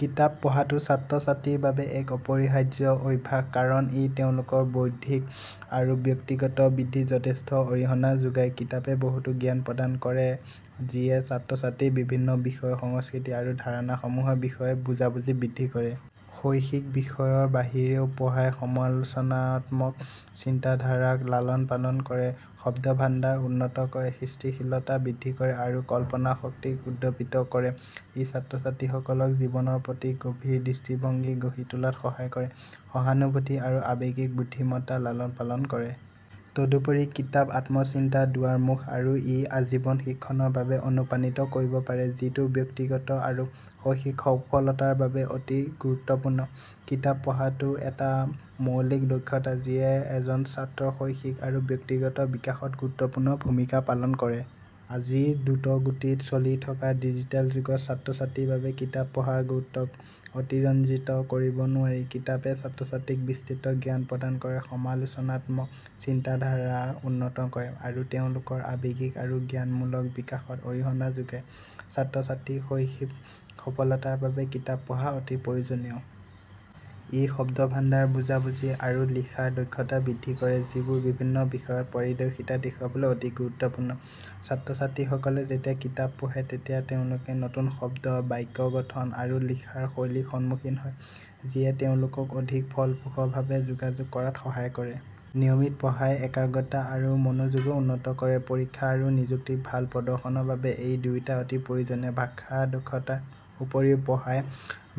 কিতাপ পঢ়াটো ছাত্ৰ-ছাত্ৰীৰ বাবে এক অপৰিহাৰ্য অভ্যাস কাৰণ ই তেওঁলোকৰ বৌদ্ধিক আৰু ব্যক্তিগত বৃদ্ধিত যথেষ্ট অৰিহণা যোগায়। কিতাপে বহুতো জ্ঞান প্ৰদান কৰে যিয়ে ছাত্ৰ-ছাত্ৰীৰ বিভিন্ন বিষয়, সংস্কৃতি আৰু ধাৰণাসমূহৰ বিষয়ে বুজাবুজি বৃদ্ধি কৰে। শৈক্ষিক বিষয়ৰ বাহিৰেও পঢ়াই সমালোচনাত্মক চিন্তাধাৰাক লালন-পালন কৰে, শব্দভাণ্ডাৰ উন্নত কৰে, সৃষ্টিশীলতা বৃদ্ধি কৰে আৰু কল্পনাশক্তিক উদ্দীপিত কৰে। ই ছাত্ৰ-ছাত্ৰীসকলক জীৱনৰ প্ৰতি গভীৰ দৃষ্টিভংগী গঢ়ি তোলাত সহায় কৰে, সহানুভূতি আৰু আৱেগিক বুদ্ধিমত্তাৰ লালন-পালন কৰে। তদুপৰি কিতাপ আত্মচিন্তাৰ দুৱাৰমুখ আৰু ই আজীৱন শিক্ষণৰ বাবে অনুপ্ৰাণিত কৰিব পাৰে, যিটো ব্যক্তিগত আৰু শৈক্ষিক সফলতাৰ বাবে অতি গুৰুত্বপূৰ্ণ। কিতাপ পঢ়াটো এটা মৌলিক দক্ষতা যিয়ে এজন ছাত্ৰৰ শৈক্ষিক আৰু ব্যক্তিগত বিকাশত গুৰুত্বপূৰ্ণ ভূমিকা পালন কৰে। আজিৰ দ্ৰুতগতিত চলি থকা ডিজিটেল যুগত ছাত্ৰ-ছাত্ৰীৰ বাবে কিতাপ পঢ়াৰ গুৰুত্বক অতিৰঞ্জিত কৰিব নোৱাৰি। কিতাপে ছাত্ৰ-ছাত্ৰীক বিস্তৃত জ্ঞান প্ৰদান কৰে, সমালোচনাত্মক চিন্তাধাৰা উন্নত কৰে, আৰু তেওঁলোকৰ আৱেগিক আৰু জ্ঞানমূলক বিকাশত অৰিহণা যোগায়। ছাত্ৰ-ছাত্ৰীৰ শৈক্ষিক সফলতাৰ বাবে কিতাপ পঢ়া অতি প্ৰয়োজনীয়। ই শব্দভাণ্ডাৰ, বুজাবুজি, আৰু লিখাৰ দক্ষতা বৃদ্ধি কৰে, যিবোৰ বিভিন্ন বিষয়ত পাৰদৰ্শিতা দেখুৱাবলৈ অতি গুৰুত্বপূৰ্ণ। ছাত্ৰ-ছাত্ৰীসকলে যেতিয়া কিতাপ পঢ়ে তেতিয়া তেওঁলোকে নতুন শব্দ, বাক্য গঠন আৰু লিখাৰ শৈলীৰ সন্মুখীন হয়, যিয়ে তেওঁলোকক অধিক ফলপ্ৰসূভাৱে যোগাযোগ কৰাত সহায় কৰে। নিয়মিত পঢ়াই একাগ্ৰতা আৰু মনোযোগো উন্নত কৰে, পৰীক্ষা আৰু নিযুক্তিত ভাল প্ৰদৰ্শনৰ বাবে এই দুয়োটা অতি প্ৰয়োজনীয়। ভাষা দক্ষতাৰ উপৰিও পঢ়াই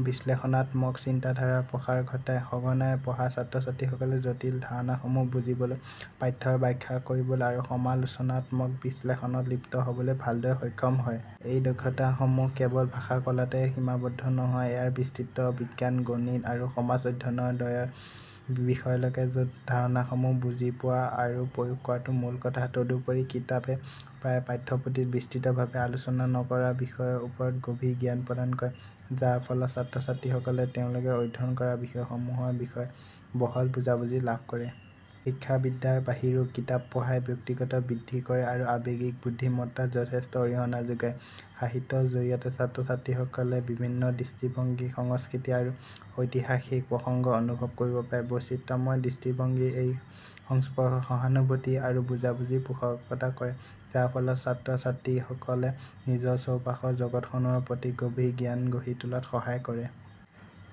বিশ্লেষণাত্মক চিন্তাধাৰাৰ প্ৰসাৰ ঘটায়। সঘনাই পঢ়া ছাত্ৰ-ছাত্ৰীসকলে জটিল ধাৰণাসমূহ বুজিবলৈ, পাঠ্যৰ ব্যাখ্যা কৰিবলৈ আৰু সমালোচনাত্মক বিশ্লেষণত লিপ্ত হ'বলৈ ভালদৰে সক্ষম হয়। এই দক্ষতাসমূহ কেৱল ভাষা কলাতে সীমাবদ্ধ নহয়; ইয়াৰ বিস্তৃত বিজ্ঞান, গণিত, আৰু সমাজ অধ্যয়নৰ দৰে বিষয়লৈকে, য'ত ধাৰণাসমূহ বুজি পোৱা আৰু প্ৰয়োগ কৰাটো মূল কথা। তদুপৰি কিতাপে প্ৰায়ে পাঠ্যপুথিত বিস্তৃতভাৱে আলোচনা নকৰা বিষয়ৰ ওপৰত গভীৰ জ্ঞান প্ৰদান কৰে, যাৰ ফলত ছাত্ৰ-ছাত্ৰীসকলে তেওঁলোকে অধ্যয়ন কৰা বিষয়সমূহৰ বিষয়ে বহল বুজাবুজি লাভ কৰে। শিক্ষাবিদ্যাৰ বাহিৰেও কিতাপ পঢ়াই ব্যক্তিগত বৃদ্ধি আৰু আৱেগিক বুদ্ধিমত্তাত যথেষ্ট অৰিহণা যোগায়। সাহিত্যৰ জৰিয়তে ছাত্ৰ-ছাত্ৰীসকলে বিভিন্ন দৃষ্টিভংগী, সংস্কৃতি, আৰু ঐতিহাসিক প্ৰসংগ অনুভৱ কৰিব পাৰে। বৈচিত্ৰময় দৃষ্টিভংগীৰ এই সংস্পৰ্শই সহানুভূতি আৰু বুজাবুজিৰ পোষকতা কৰে, যাৰ ফলত ছাত্ৰ-ছাত্ৰীসকলে নিজৰ চৌপাশৰ জগতখনৰ প্ৰতি গভীৰ জ্ঞান গঢ়ি তোলাত সহায় কৰে।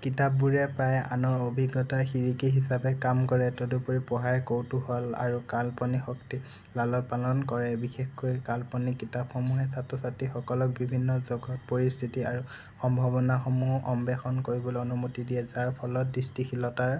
কিতাপবোৰে প্ৰায়ে আনৰ অভিজ্ঞতাৰ খিৰিকী হিচাপে কাম কৰে। তদুপৰি পঢ়াই কৌতুহল আৰু কল্পনাশক্তিক লালন-পালন কৰে। বিশেষকৈ কাল্পনিক কিতাপসমূহে ছাত্ৰ-ছাত্ৰীসকলক বিভিন্ন জগত, পৰিস্থিতি আৰু সম্ভাৱনাসমূহ অন্বেষণ কৰিবলৈ অনুমতি দিয়ে, যাৰ ফলত সৃষ্টিশীলতাৰ